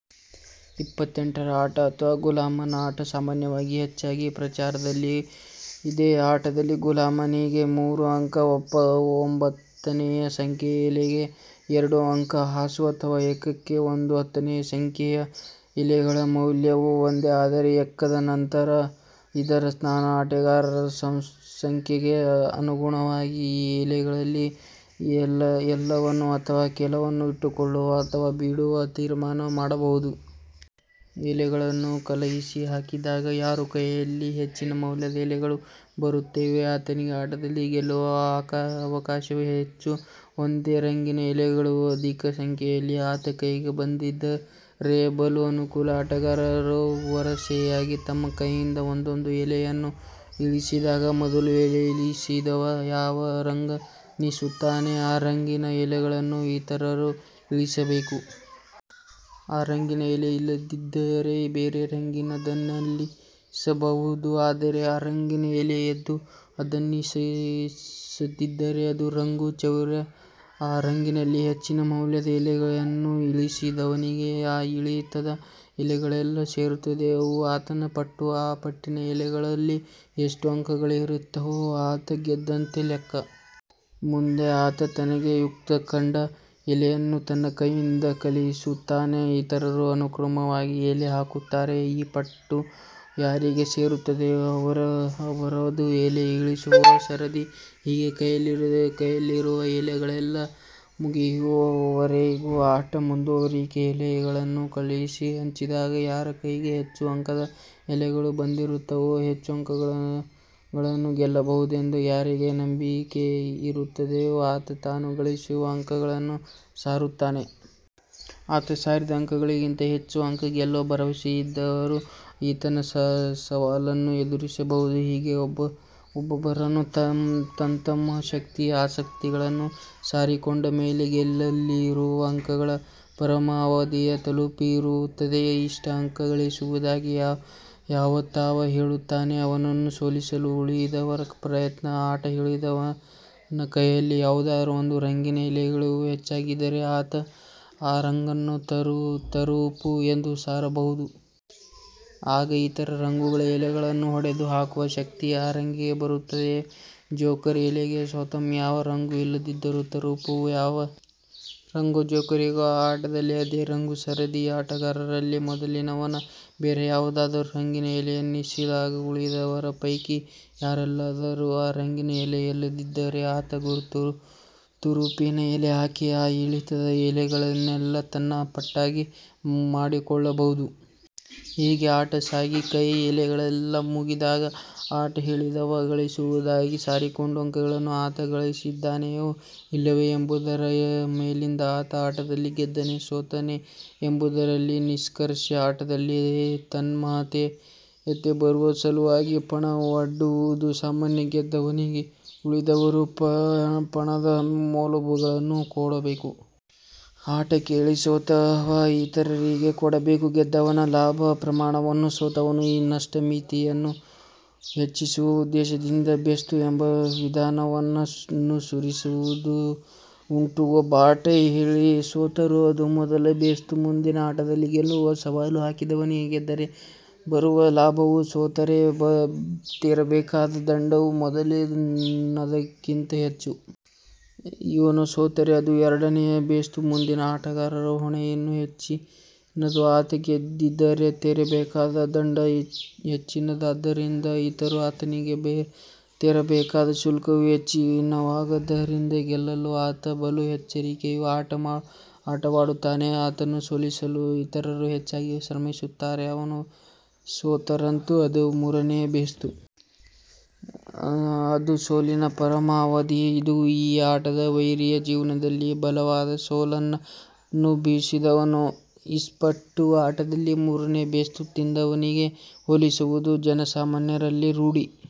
ಇಪ್ಪತ್ತೆಂಟರ ಆಟ ಅಥವಾ ಗುಲಾಮನಾಟ ಸಾಮಾನ್ಯವಾಗಿ ಹೆಚ್ಚಾಗಿ ಪ್ರಚಾರದಲ್ಲಿದೆ. ಆಟದಲ್ಲಿ ಗುಲಾಮನಿಗೆ ಮೂರು ಅಂಕ; ಒಂಬತ್ತನೆಯ ಸಂಖ್ಯೆಯ ಎಲೆಗೆ ಎರಡು ಅಂಕ; ಹಾಸು ಅಥವಾ ಎಕ್ಕಕ್ಕೆ ಒಂದು. ಹತ್ತನೆಯ ಸಂಖ್ಯೆಯ ಎಲೆಗಳ ಮೌಲ್ಯವೂ ಒಂದೇ ಆದರೂ ಎಕ್ಕದ ಅನಂತರ ಇದರ ಸ್ಥಾನ. ಆಟಗಾರರ ಸಂಖ್ಯೆಗೆ ಅನುಗುಣವಾಗಿ ಈ ಎಲೆಗಳಲ್ಲಿ ಎಲ್ಲವನ್ನು ಅಥವಾ ಕೆಲವನ್ನು ಇಟ್ಟುಕೊಳ್ಳುವ ಅಥವಾ ಬಿಡುವ ತೀರ್ಮಾನ ಮಾಡಬಹುದು. ಎಲೆಗಳನ್ನು ಕಲಸಿ ಹಾಕಿದಾಗ ಯಾರ ಕೈಯಲ್ಲಿ ಹೆಚ್ಚಿನ ಮೌಲ್ಯದ ಎಲೆಗಳು ಬರುತ್ತವೋ ಆತನಿಗೆ ಆಟದಲ್ಲಿ ಗೆಲ್ಲುವ ಅವಕಾಶ ಹೆಚ್ಚು. ಒಂದೇ ರಂಗಿನ ಎಲೆಗಳು ಅಧಿಕ ಸಂಖ್ಯೆಯಲ್ಲಿ ಆತನ ಕೈಗೆ ಬಂದಿದ್ದರೆ ಬಲು ಅನುಕೂಲ. ಆಟಗಾರರು ವರಸೆಯಾಗಿ ತಮ್ಮ ಕೈಯಿಂದ ಒಂದೊಂದು ಎಲೆಯನ್ನು ಇಳಿಸಿದಾಗ ಮೊದಲು ಎಲೆಯಿಳಿಸಿದವ ಯಾವ ರಂಗನ್ನಿಳಿಸುತ್ತಾನೋ ಆ ರಂಗಿನ ಎಲೆಗಳನ್ನೇ ಇತರರು ಇಳಿಸಬೇಕು. ಆ ರಂಗಿನ ಎಲೆ ಇಲ್ಲದಿದ್ದರೆ ಬೇರೆ ರಂಗಿನದನ್ನಿಳಿಸಬಹುದು. ಆದರೆ ಆ ರಂಗಿನ ಎಲೆ ಇದ್ದು ಅದನ್ನಿಳಿಸದಿದ್ದರೆ ಅದು ರಂಗು ಚೌರ್ಯ. ಆ ರಂಗಿನಲ್ಲಿ ಹೆಚ್ಚಿನ ಮೌಲ್ಯದ ಎಲೆಯನ್ನು ಇಳಿಸಿದವನಿಗೆ ಆ ಇಳಿತದ ಎಲೆಗಳೆಲ್ಲ ಸೇರುತ್ತವೆ. ಅವು ಆತನ ಪಟ್ಟು. ಆ ಪಟ್ಟಿನ ಎಲೆಗಳಲ್ಲಿ ಎಷ್ಟು ಅಂಕಗಳಿರುತ್ತವೋ ಆತ ಗೆದ್ದಂತೆ ಲೆಕ್ಕ. ಮುಂದೆ ಆತ ತನಗೆ ಯುಕ್ತ ಕಂಡ ಎಲೆಯನ್ನು ತನ್ನ ಕೈಯಿಂದ ಕಳಿಸುತ್ತಾನೆ. ಇತರರು ಅನುಕ್ರಮವಾಗಿ ಎಲೆ ಹಾಕುತ್ತಾರೆ. ಈ ಪಟ್ಟು ಯಾರಿಗೆ ಸೇರುತ್ತದೋ ಅವರದು ಎಲೆ ಇಳಿಸುವ ಸರದಿ. ಹೀಗೆ ಕೈಲಿರುವ ಎಲೆಗಳೆಲ್ಲ ಮುಗಿಯುವ ವರೆಗೂ ಆಟದ ಮುಂದುವರಿಕೆ. ಎಲೆಗಳನ್ನು ಕಲಸಿ ಹಂಚಿದಾಗ ಯಾರ ಕೈಗೆ ಹೆಚ್ಚು ಅಂಕದ ಎಲೆಗಳು ಬಂದಿರುತ್ತವೋ ಹೆಚ್ಚು ಅಂಕಗಳನ್ನು ಗೆಲ್ಲಬಹುದೆಂದು ಯಾರಿಗೆ ನಂಬಿಕೆಯಿರುತ್ತದೋ ಆತ ತಾನು ಗಳಿಸುವ ಅಂಕಗಳನ್ನು ಸಾರುತ್ತಾನೆ. ಆತ ಸಾರಿದ ಅಂಕಗಳಿಗಿಂತ ಹೆಚ್ಚು ಅಂಕ ಗೆಲ್ಲುವ ಭರವಸೆಯಿದ್ದವರು ಈತನ ಸವಾಲನ್ನು ಎದುರಿಸಬಹುದು. ಹೀಗೆ ಒಬ್ಬೊಬ್ಬರು ತಂತಮ್ಮ ಶಕ್ತಿ. ಅಶಕ್ತಿಗಳನ್ನು ಸಾರಿಕೊಂಡಮೇಲೆ, ಗೆಲ್ಲಲಿರುವ ಅಂಕಗಳ ಪರಮಾವಧಿ ತಲುಪಿರುತ್ತದೆ. ಇಷ್ಟು ಅಂಕ ಗಳಿಸುವುದಾಗಿ ಯಾವಾತ ಹೇಳುತ್ತಾನೋ ಅವನನ್ನು ಸೋಲಿಸಲು ಉಳಿದವರ ಪ್ರಯತ್ನ, ಆಟ ಹೇಳಿದವನ ಕೈಯಲ್ಲಿ ಯಾವುದಾದರೂ ಒಂದು ರಂಗಿನ ಎಲೆಗಳು ಹೆಚ್ಚಾಗಿದ್ದರೆ ಆತ ಆ ರಂಗನ್ನು ತುರುಪು ಎಂದು ಸಾರಬಹುದು. ಆಗ ಇತರ ರಂಗುಗಳ ಎಲೆಗಳನ್ನು ಹೊಡೆದು ಹಾಕುವ ಶಕ್ತಿ ಆ ರಂಗಿಗೆ ಬರುತ್ತದೆ. ಜೋಕರ್ ಎಲೆಗೆ ಸ್ವತಃ ಯಾವ ರಂಗೂ ಇಲ್ಲದಿದ್ದರೂ ತುರುಪು ಯಾವ ರಂಗೋ ಜೋಕರಿಗೂ ಆ ಆಟದಲ್ಲಿ ಅದೇ ರಂಗು. ಸರದಿಯ ಆಟಗಾರರಲ್ಲಿ ಮೊದಲಿನವನ ಬೇರೆ ಯಾವುದಾದರೂ ರಂಗಿನ ಎಲೆಯನ್ನಿಳಿಸಿದಾಗ, ಉಳಿದವರ ಪೈಕಿ ಯಾರಲ್ಲಾದರೂ ಆ ರಂಗಿನ ಎಲೆ ಇಲ್ಲದಿದ್ದರೆ ಆತ ತುರುಪಿನ ಎಲೆ ಹಾಕಿ ಆ ಇಳಿತದ ಎಲೆಗಳನ್ನೆಲ್ಲ ತನ್ನ ಪಟ್ಟಾಗಿ ಮಾಡಿಕೊಳ್ಳಬಹುದು. ಹೀಗೆ ಆಟ ಸಾಗಿ ಕೈಯ ಎಲೆಗಳೆಲ್ಲ ಮುಗಿದಾಗ ಆಟ ಹೇಳಿದವ ಗಳಿಸುವುದಾಗಿ ಸಾರಿಕೊಂಡ ಅಂಕಗಳನ್ನು ಆತ ಗಳಿಸಿದ್ದಾನೆಯೆ ಇಲ್ಲವೆ ಎಂಬುದರ ಮೇಲಿಂದ ಆತ ಆಟದಲ್ಲಿ ಗೆದ್ದನೆ, ಸೋತನೆ ಎಂಬುದರಲ್ಲಿ ನಿಷ್ಕರ್ಷೆ. ಆಟದಲ್ಲಿ ತನ್ಮಯತೆ ಬರುವ ಸಲುವಾಗಿ ಪಣ ಒಡ್ಡುವುದೂ ಸಾಮಾನ್ಯ. ಗೆದ್ದವನಿಗೆ ಉಳಿದವರು ಪಣದ ಮೊಬಲಗನ್ನು ಕೊಡಬೇಕು. ಆಟ ಹೇಳಿ ಸೋತವ ಇತರರಿಗೆ ಕೊಡಬೇಕು. ಗೆದ್ದವನ ಲಾಭದ ಪ್ರಮಾಣವನ್ನೂ ಸೋತವನ ನಷ್ಟ ಮಿತಿಯನ್ನೂ ಹೆಚ್ಚಿಸುವ ಉದ್ದೇಶದಿಂದ ಬೇಸ್ತು ಎಂಬ ವಿಧಾನವನ್ನನುಸರಿಸುವುದೂ ಉಂಟು. ಒಬ್ಬ ಆಟ ಹೇಳಿ ಸೋತರೆ ಅದು ಮೊದಲ ಬೇಸ್ತು. ಮುಂದಿನ ಆಟದಲ್ಲಿ ಗೆಲ್ಲುವ ಸವಾಲು ಹಾಕಿದವನಿಗೆ ಗೆದ್ದರೆ ಬರುವ ಲಾಭವೂ ಸೋತರೆ ತೆರಬೇಕಾದ ದಂಡವೂ ಮೊದಲಿನದಕ್ಕಿಂತ ಹೆಚ್ಚು. ಇವನೂ ಸೋತರೆ ಅದು ಎರಡನೆಯ ಬೇಸ್ತು. ಮುಂದಿನ ಆಟಗಾರನ ಹೊಣೆ ಇನ್ನೂ ಹೆಚ್ಚಿನದು. ಆತ ಗೆದ್ದರೆ ತೆರಬೇಕಾದ ದಂಡ ಹೆಚ್ಚಿನದಾದ್ದರಿಂದ, ಇತರರು ಆತನಿಗೆ ತೆರಬೇಕಾದ ಶುಲ್ಕವೂ ಹೆಚ್ಚಿನವಾದ್ದರಿಂದ ಗೆಲ್ಲಲು ಆತ ಬಲು ಎಚ್ಚರಿಕೆಯ ಆಟವಾಡುತ್ತಾನೆ. ಆತನನ್ನು ಸೋಲಿಸಲು ಇತರರು ಹೆಚ್ಚಾಗಿ ಶ್ರಮಿಸುತ್ತಾರೆ. ಅವನು ಸೋತರಂತೂ ಅದು ಮೂರನೆಯ ಬೇಸ್ತು. ಅದು ಸೋಲಿನ ಪರಮಾವಧಿ. ಇದು ಈ ಆಟದ ವೈಖರಿ. ಜೀವನದಲ್ಲಿ ಬಲವಾದ ಸೋಲನ್ನನುಭಸಿದವನನ್ನು ಇಸ್ಪೀಟು ಆಟದಲ್ಲಿ ಮೂರನೆಯ ಬೇಸ್ತು ತಿಂದವನಿಗೆ ಹೋಲಿಸುವುದು ಜನಸಾಮಾನ್ಯರಲ್ಲಿ ರೂಢಿ.